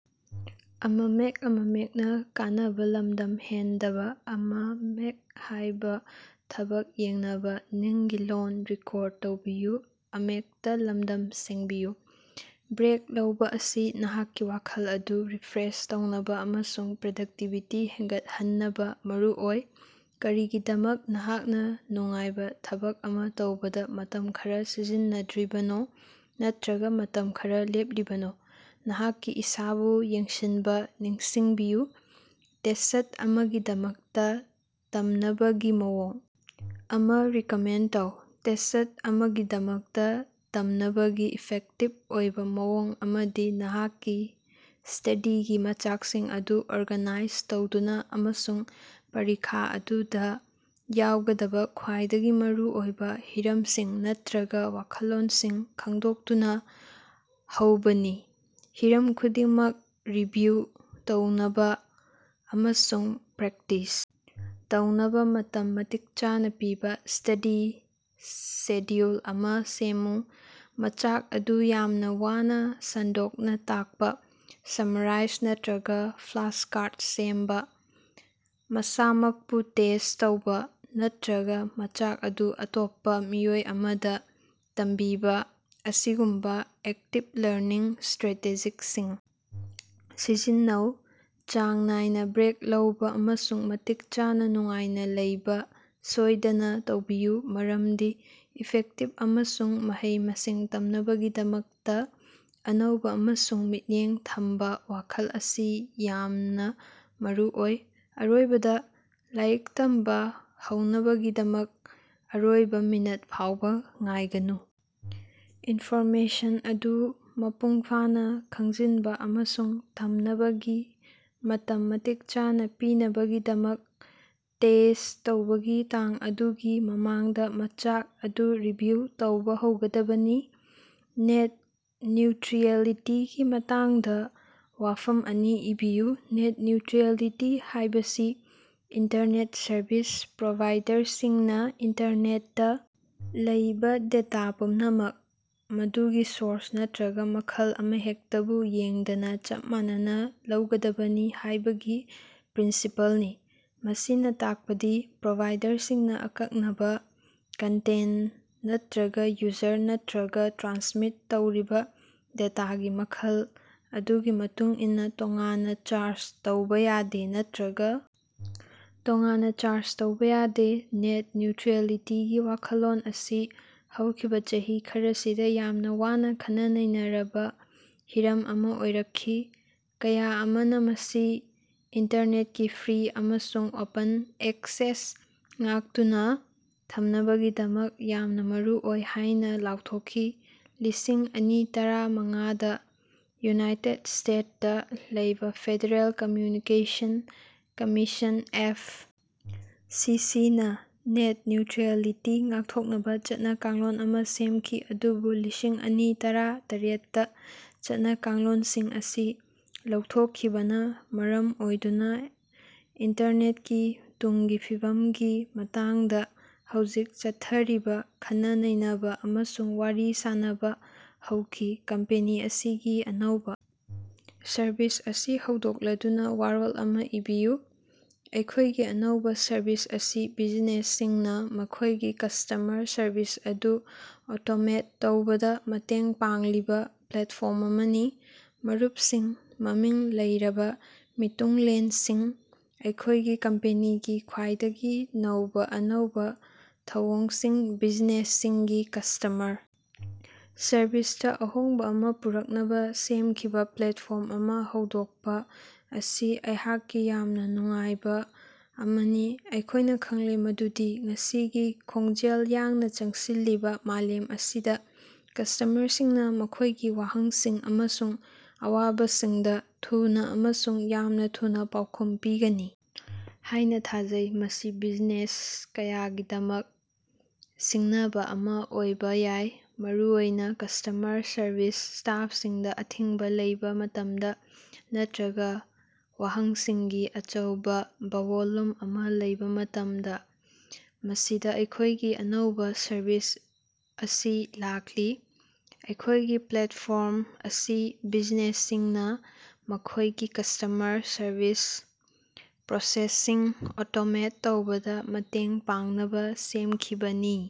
Break ꯂꯧꯕꯥ ꯑꯁꯤ ꯅꯍꯥꯛꯀꯤ ꯋꯥꯈꯜ ꯑꯗꯨ ꯔꯤꯐ꯭ꯔꯦꯁ ꯇꯧꯅꯕꯥ ꯑꯃꯁꯨꯡ ꯄ꯭ꯔꯗꯛꯇꯤꯕꯤꯇꯤ ꯍꯦꯟꯒꯠꯍꯟꯅꯕ ꯃꯔꯨꯑꯣꯏ꯫ ꯀꯔꯤꯒꯤꯗꯃꯛ ꯅꯍꯥꯛꯅ ꯅꯨꯡꯉꯥꯏꯕ ꯊꯕꯛ ꯑꯃ ꯇꯧꯕꯗ ꯃꯇꯝ ꯈꯔ ꯁꯤꯖꯤꯟꯅꯗ꯭ꯔꯤꯕꯅꯣ ꯅꯠꯇꯔꯒ ꯃꯇꯝ ꯈꯔ ꯂꯦꯞꯂꯤꯕꯅꯣ? ꯅꯍꯥꯛꯀꯤ ꯏꯁꯥꯕꯨ ꯌꯦꯡꯁꯤꯟꯕ ꯅꯤꯡꯁꯤꯡꯕꯤꯌꯨ! ꯇꯦꯁꯠ ꯑꯃꯒꯤꯗꯃꯛꯇ ꯇꯝꯅꯕꯒꯤ ꯃꯑꯣꯡ ꯑꯃꯥ ꯔꯤꯀꯃꯦꯟꯗ ꯇꯧ꯫ ꯇꯦꯁ꯭ꯠ ꯑꯃꯒꯤꯗꯃꯛꯇ ꯇꯝꯅꯕꯒꯤ ꯏꯐꯦꯛꯇꯤꯚ ꯑꯣꯏꯕ ꯃꯑꯣꯡ ꯑꯃꯗꯤ ꯅꯍꯥꯛꯀꯤ ꯁ꯭ꯇꯗꯤꯒꯤ ꯃꯆꯥꯛꯁꯤꯡ ꯑꯗꯨ ꯑꯣꯔꯒꯥꯅꯥꯏꯖ ꯇꯧꯗꯨꯅ ꯑꯃꯁꯨꯡ ꯄꯔꯤꯈꯥ ꯑꯗꯨꯗ ꯌꯥꯎꯒꯗꯕ ꯈ꯭ꯋꯥꯏꯗꯒꯤ ꯃꯔꯨꯑꯣꯏꯕ ꯍꯤꯔꯝꯁꯤꯡ ꯅꯠꯇꯔꯒ ꯋꯥꯈꯜꯂꯣꯟꯁꯤꯡ ꯈꯪꯗꯣꯛꯇꯨꯅ ꯍꯧꯕꯅꯤ꯫ ꯍꯤꯔꯝ ꯈꯨꯗꯤꯡꯃꯛ ꯔꯤꯚꯤꯌꯨ ꯇꯧꯅꯕ ꯑꯃꯁꯨꯡ ꯄ꯭ꯔꯦꯛꯇꯤꯁ ꯇꯧꯅꯕ ꯃꯇꯝ ꯃꯇꯤꯛ ꯆꯥꯅ ꯄꯤꯕ ꯁ꯭ꯇꯗꯤ ꯁꯦꯗ꯭ꯌꯨꯜ ꯑꯃ ꯁꯦꯝꯃꯨ꯫ ꯃꯆꯥꯛ ꯑꯗꯨ ꯌꯥꯝꯅ ꯋꯥꯅ ꯁꯟꯗꯣꯛꯅ ꯇꯥꯛꯄ, ꯁꯝꯃꯔꯥ꯭ꯏꯖ ꯅꯠꯇꯔꯒ ꯐ꯭ꯂꯥꯁꯀꯥ꯭ꯔꯗ ꯁꯦꯝꯕ, ꯃꯁꯥꯃꯛꯄꯨ ꯇꯦꯁ꯭ꯠ ꯇꯧꯕꯥ, ꯅꯠꯇꯔꯒ ꯃꯆꯥꯛ ꯑꯗꯨ ꯑꯇꯣꯞꯄ ꯃꯤꯑꯣꯏ ꯑꯃꯗ ꯇꯝꯕꯤꯕ ꯑꯁꯤꯒꯨꯝꯕ ꯑꯦꯛꯇꯤꯕ ꯂꯔꯅꯤꯡ ꯁ꯭ꯇꯔꯥꯇꯦꯖꯤꯁꯤꯡ ꯁꯤꯖꯤꯟꯅꯧ꯫ ꯆꯥꯡ ꯅꯥꯏꯅ ꯕ꯭ꯔꯦꯛ ꯂꯧꯕ ꯑꯃꯁꯨꯡ ꯃꯇꯤꯛ ꯆꯥꯅꯥ ꯅꯨꯡꯉꯥꯏꯅ ꯂꯩꯕ ꯁꯣꯏꯗꯅ ꯇꯧꯕꯤꯌꯨ, ꯃꯔꯝꯗꯤ ꯏꯐꯦꯛꯇꯤꯚ ꯑꯃꯁꯨꯡ ꯃꯍꯩ-ꯃꯁꯤꯡ ꯇꯝꯅꯕꯒꯤꯗꯃꯛꯇ ꯑꯅꯧꯕ ꯑꯃꯁꯨꯡ ꯃꯤꯠꯌꯦꯡ ꯊꯝꯕ ꯋꯥꯈꯜ ꯑꯁꯤ ꯌꯥꯝꯅ ꯃꯔꯨꯑꯣꯏ꯫ ꯑꯔꯣꯏꯕꯗ, ꯂꯥꯏꯔꯤꯛ ꯇꯝꯕ ꯍꯧꯅꯕꯒꯤꯗꯃꯛ ꯑꯔꯣꯏꯕ ꯃꯤꯅꯤꯠ ꯐꯥꯎꯕꯥ ꯉꯥꯏꯒꯅꯨ; ꯏꯟꯐꯣꯔꯃꯦꯁꯟ ꯑꯗꯨ ꯃꯄꯨꯡꯐꯥꯅ ꯈꯪꯖꯤꯟꯕ ꯑꯃꯁꯨꯡ ꯊꯝꯅꯕꯒꯤ ꯃꯇꯝ ꯃꯇꯤꯛ ꯆꯥꯅ ꯄꯤꯅꯕꯒꯤꯗꯃꯛ ꯇꯦꯁ꯭ꯠ ꯇꯧꯕꯒꯤ ꯇꯥꯡ ꯑꯗꯨꯒꯤ ꯃꯃꯥꯡꯗ ꯃꯆꯥꯛ ꯑꯗꯨ ꯔꯤꯚꯤꯌꯨ ꯇꯧꯕ ꯍꯧꯒꯗꯕꯅꯤ꯫ ꯅꯦꯠ ꯅ꯭ꯌꯨꯇꯔꯤꯑꯦꯂꯤꯇꯤꯒꯤ ꯃꯇꯥꯡꯗ ꯋꯥꯐꯝ ꯑꯅꯤ ꯏꯕꯤꯌꯨ꯫ ꯅꯦꯠ ꯅ꯭ꯌꯨꯇꯔꯤꯑꯦꯂꯤꯇꯤ ꯍꯥꯢꯕꯁꯤ ꯏꯟꯇꯔꯅꯦꯠ ꯁꯔꯚꯤꯁ ꯄ꯭ꯔꯣꯚꯥꯏꯗꯔꯁꯤꯡꯅ ꯏꯟꯇꯔꯅꯦꯠꯇ ꯂꯩꯕ ꯗꯦꯇ ꯄꯨꯝꯅꯃꯛ, ꯃꯗꯨꯒꯤ ꯁꯣꯔꯁ ꯅꯠꯇꯔꯒ ꯃꯈꯜ ꯑꯃꯍꯦꯛꯇꯕꯨ ꯌꯦꯡꯗꯅ ꯆꯞ ꯃꯥꯟꯅꯅ ꯂꯧꯒꯗꯕꯅꯤ ꯍꯥꯏꯕꯒꯤ ꯄ꯭ꯔꯤꯟꯁꯤꯄꯜꯅꯤ꯫ ꯃꯁꯤꯅ ꯇꯥꯛꯄꯗꯤ ꯄ꯭ꯔꯣꯚꯥꯏꯗꯔꯁꯤꯡꯅ ꯑꯀꯛꯅꯕ ꯀꯟꯇꯦꯟꯠ ꯅꯠꯇꯔꯒꯥ ꯌꯨꯖꯔ ꯅꯠꯇꯔꯒ ꯇ꯭ꯔꯥꯟꯁꯃꯤꯠ ꯇꯧꯔꯤꯕ ꯗꯦꯇꯥꯒꯤ ꯃꯈꯜ ꯑꯗꯨꯒꯤ ꯃꯇꯨꯡꯏꯟꯅ ꯇꯣꯉꯥꯟꯅ ꯆꯥ꯭ꯔꯖ ꯇꯧꯕ ꯌꯥꯗꯦ ꯅꯠꯇꯔꯒ ꯇꯣꯉꯥꯟꯅ ꯆꯥ꯭ꯔꯖ ꯇꯧꯕꯥ ꯌꯥꯗꯦ꯫ ꯅꯦꯠ ꯅ꯭ꯌꯨꯇꯔꯤꯑꯦꯂꯤꯇꯤꯒꯤ ꯋꯥꯈꯜꯂꯣꯟ ꯑꯁꯤ ꯍꯧꯈꯤꯕ ꯆꯍꯤ ꯈꯔꯁꯤꯗ ꯌꯥꯝꯅ ꯋꯥꯅꯥ ꯈꯟꯅ-ꯅꯩꯅꯔꯕ ꯍꯤꯔꯝ ꯑꯃ ꯑꯣꯏꯔꯛꯈꯤ, ꯀꯌꯥ ꯑꯃꯅ ꯃꯁꯤ ꯏꯟꯇꯔꯅꯦꯠꯀꯤ ꯐ꯭ꯔꯤ ꯑꯃꯁꯨꯡ ꯑꯣꯄꯟ ꯑꯦꯛꯁꯦꯁ ꯉꯥꯛꯇꯨꯅ ꯊꯝꯅꯕꯒꯤꯗꯃꯛ ꯌꯥꯝꯅ ꯃꯔꯨꯑꯣꯏ ꯍꯥꯏꯅ ꯂꯥꯎꯊꯣꯛꯈꯤ꯫ ꯂꯤꯁꯤꯡ ꯑꯅꯤ ꯇꯔꯥ ꯃꯉꯥꯗꯥ ꯌꯨꯅꯥꯏꯇꯦꯗ ꯁ꯭ꯇꯦꯠꯇ ꯂꯩꯕꯥ ꯐꯦꯗꯔꯦꯜ ꯀꯝꯃ꯭ꯌꯨꯅꯤꯀꯦꯁꯟ ꯀꯝꯃꯤꯁꯟ (ꯑꯦꯐ. ꯁꯤ. ꯁꯤ.)ꯅꯥ ꯅꯦꯠ ꯅ꯭ꯌꯨꯇꯔꯤꯑꯦꯂꯤꯇꯤ ꯉꯥꯛꯊꯣꯛꯅꯕ ꯆꯠꯅ-ꯀꯥꯡꯂꯣꯟ ꯑꯃ ꯁꯦꯝꯈꯤ, ꯑꯗꯨꯕꯨ ꯂꯤꯁꯤꯡ ꯑꯅꯤ ꯇꯔꯥ ꯇꯔꯦꯠ ꯇ ꯆꯠꯅ-ꯀꯥꯡꯂꯣꯟꯁꯤꯡ ꯑꯁꯤ ꯂꯧꯊꯣꯛꯈꯤꯕꯅ ꯃꯔꯝ ꯑꯣꯏꯗꯨꯅ ꯏꯟꯇꯔꯅꯦꯠꯀꯤ ꯇꯨꯡꯒꯤ ꯐꯤꯕꯝꯒꯤ ꯃꯇꯥꯡꯗ ꯍꯧꯖꯤꯛ ꯆꯠꯊꯔꯤꯕ ꯈꯟꯅ-ꯅꯩꯅꯕ ꯑꯃꯁꯨꯡ ꯋꯥꯔꯤ ꯁꯥꯅꯕ ꯍꯧꯈꯤ꯫ ꯀꯝꯄꯦꯅꯤ ꯑꯁꯤꯒꯤ ꯑꯅꯧꯕ ꯁꯔꯕꯤꯁ ꯑꯁꯤ ꯍꯧꯗꯣꯛꯂꯗꯨꯅ ꯋꯥꯔꯣꯜ ꯑꯃꯥ ꯏꯕꯤꯌꯨ꯫ ꯑꯩꯈꯣꯏꯒꯤ ꯑꯅꯧꯕ ꯁꯔꯕꯤꯁ ꯑꯁꯤ ꯕꯤꯖꯤꯅꯦꯁꯁꯤꯡꯅ ꯃꯈꯣꯏꯒꯤ ꯀꯁꯇꯃꯔ ꯁꯔꯕꯤꯁ ꯑꯗꯨ ꯑꯣꯇꯣꯃꯦꯠ ꯇꯧꯕꯗ ꯃꯇꯦꯡ ꯄꯥꯡꯂꯤꯕ ꯄ꯭ꯂꯦꯠꯐ꯭ꯣꯔꯝ ꯑꯃꯅꯤ꯫ ꯃꯔꯨꯞꯁꯤꯡ, ꯃꯃꯤꯡ ꯂꯩꯔꯕ ꯃꯤꯇꯨꯡꯂꯦꯟꯁꯤꯡ, ꯑꯩꯈꯣꯏꯒꯤ ꯀꯝꯄꯦꯅꯤꯒꯤ ꯈ꯭ꯋꯥꯏꯗꯒꯤ ꯅꯧꯕ ꯑꯅꯧꯕ ꯊꯧꯑꯣꯡꯁꯤꯡ- ꯕꯤꯖꯤꯅꯦꯁꯁꯤꯡꯒꯤ ꯀꯁꯇꯃꯔ ꯁꯔꯕꯤꯁꯇ ꯑꯍꯣꯡꯕ ꯑꯃ ꯄꯨꯔꯛꯅꯕ ꯁꯦꯝꯈꯤꯕ ꯄ꯭ꯂꯦꯠꯐ꯭ꯣꯔꯝ ꯑꯃ ꯍꯧꯗꯣꯛꯄ ꯑꯁꯤ ꯑꯩꯍꯥꯛꯀꯤ ꯌꯥꯝꯅ ꯅꯨꯡꯉꯥꯏꯕ ꯑꯃꯅꯤ꯫ ꯑꯩꯈꯣꯏꯅꯥ ꯈꯪꯂꯦ ꯃꯗꯨꯗꯤ ꯉꯁꯤꯒꯤ ꯈꯣꯡꯖꯦꯜ ꯌꯥꯡꯅ ꯆꯪꯁꯤꯜꯂꯤꯕ ꯃꯥꯂꯦꯝ ꯑꯁꯤꯗ ꯀꯁꯇꯃꯔꯁꯤꯡꯅ ꯃꯈꯣꯏꯒꯤ ꯋꯥꯍꯪꯁꯤꯡ ꯑꯃꯁꯨꯡ ꯑꯋꯥꯕꯁꯤꯡꯗ ꯊꯨꯅꯥ ꯑꯃꯁꯨꯡ ꯌꯥꯝꯅ ꯊꯨꯅ ꯄꯥꯎꯈꯨꯝ ꯄꯤꯒꯅꯤ ꯍꯥꯏꯅ ꯊꯥꯖꯩ꯫ ꯃꯁꯤ ꯕꯤꯖꯤꯅꯦꯁ ꯀꯌꯥꯒꯤꯗꯃꯛ ꯁꯤꯡꯅꯕ ꯑꯃ ꯑꯣꯏꯕ ꯌꯥꯏ, ꯃꯔꯨꯑꯣꯏꯅ ꯀꯁꯇꯃꯔ ꯁꯔꯕꯤꯁ ꯁ꯭ꯇꯥꯐꯁꯤꯡꯗ ꯑꯊꯤꯡꯕ ꯂꯩꯕ ꯃꯇꯝꯗ ꯅꯠꯇꯔꯒ ꯋꯥꯍꯪꯁꯤꯡꯒꯤ ꯑꯆꯧꯕꯕꯚꯣꯜꯌꯨꯝ ꯑꯃ ꯂꯩꯕ ꯃꯇꯝꯗ꯫ ꯃꯁꯤꯗꯥ ꯑꯩꯈꯣꯏꯒꯤ ꯑꯅꯧꯕ ꯁꯔꯕꯤꯁ ꯑꯁꯤ ꯂꯥꯛꯂꯤ, ꯑꯩꯈꯣꯏꯒꯤ ꯄ꯭ꯂꯦꯠꯐ꯭ꯣꯔꯝ ꯑꯁꯤ ꯕꯤꯖꯤꯅꯦꯁꯁꯤꯡꯅ ꯃꯈꯣꯏꯒꯤ ꯀꯁꯇꯃꯔ ꯁꯔꯕꯤꯁ ꯄ꯭ꯔꯣꯁꯦꯁꯁꯤꯡ ꯑꯣꯇꯣꯃꯦꯠ ꯇꯧꯕꯗ ꯃꯇꯦꯡ ꯄꯥꯡꯅꯕ ꯁꯦꯝꯈꯤꯕꯅꯤ꯫